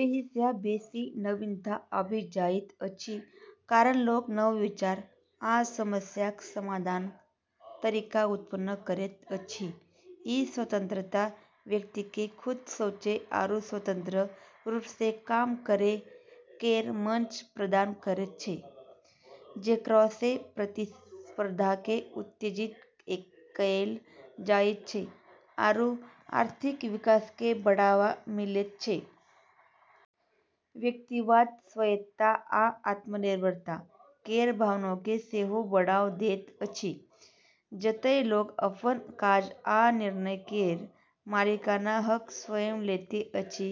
एहिसँ बेसी नवीनता आबि जाइत अछि, कारण लोक नव विचार आ समस्याक समाधानक तरीका उत्पन्न करैत अछि। ई स्वतंत्रता व्यक्तिकेँ खुद सोचै आरू स्वतंत्र रूपसँ काम करै केर मंच प्रदान करैत छै, जेकरासँ प्रतिस्पर्धाकेँ उत्तेजित कएल जाइत छै आरू आर्थिक विकासकेँ बढ़ावा मिलैत छै। व्यक्तिवाद स्वायत्तता आ आत्मनिर्भरता केर भावनाकेँ सेहो बढ़ावा दैत अछि, जतए लोक अपन काज आ निर्णय केर मालिकाना हक स्वयं लैत अछि।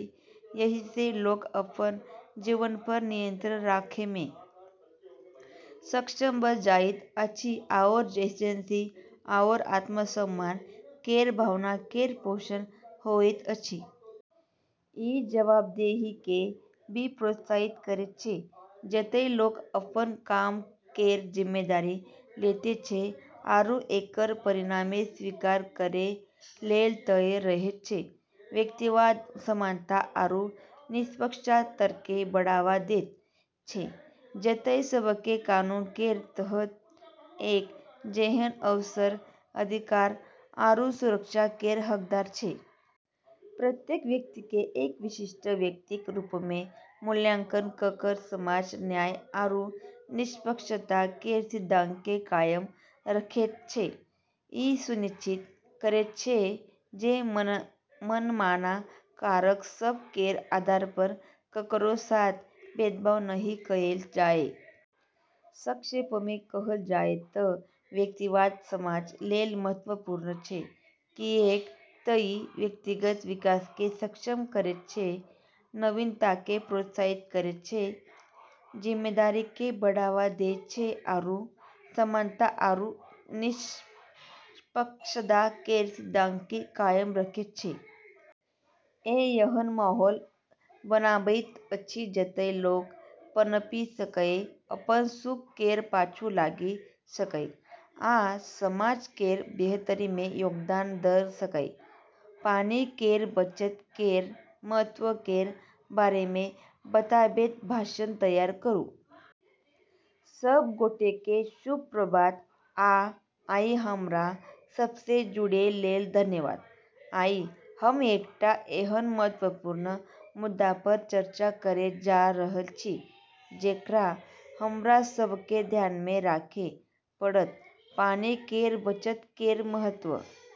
एहिसँ लोक अपन जीवनपर नियंत्रण राखैमे सक्षम भऽ जाइत अछि आओर एजेंसी आओर आत्मसम्मान केर भावना केर पोषण होइत अछि। ई जवाबदेहीकेँ भी प्रोत्साहित करैत छै, जतए लोक अपन काम केर जिम्मेदारी लैत छै आरू एकर परिणामकेँ स्वीकार करै लेल तैयार रहैत छै। व्यक्तिवाद समानता आरू निष्पक्षताकेँ बढ़ावा दैत छै, जतए सभकेँ कानून केर तहत एक जेहन अवसर, अधिकार, आरू सुरक्षा केर हकदार छै। प्रत्येक व्यक्तिकेँ एक विशिष्ट व्यक्तिक रूपमे मूल्यांकन कऽ कऽ समाज न्याय आरू निष्पक्षता केर सिद्धांतकेँ कायम रखैत छै, ई सुनिश्चित करैत छै जे मनमाना कारक सभ केर आधारपर ककरो साथ भेदभाव नहि कएल जाए। संक्षेपमे कहल जाए तऽ व्यक्तिवाद समाज लेल महत्वपूर्ण छै, किऐक तऽ ई व्यक्तिगत विकासकेँ सक्षम करैत छै, नवीनताकेँ प्रोत्साहित करैत छै, जिम्मेदारीकेँ बढ़ावा दैत छै, आरू समानता आरू निष्पक्षता केर सिद्धांतकेँ कायम रखैत छै। ई एहन माहौल बनाबैत अछि जतए लोक पनपि सकए, अपन सुख केर पाछू लागि सकए, आ समाज केर बेहतरीमे योगदान दऽ सकए। पानि केर बचत केर महत्व केर बारेमे बताबैत भाषण तैयार करू। सब गोटेकेँ शुभ प्रभात, आ आइ हमरा सबसँ जुड़ै लेल धन्यवाद। आइ हम एकटा एहन महत्वपूर्ण मुद्दापर चर्चा करै जा रहल छी जेकरा हमरा सभकेँ ध्यानमे राखै पड़त: पानि केर बचत केर महत्व।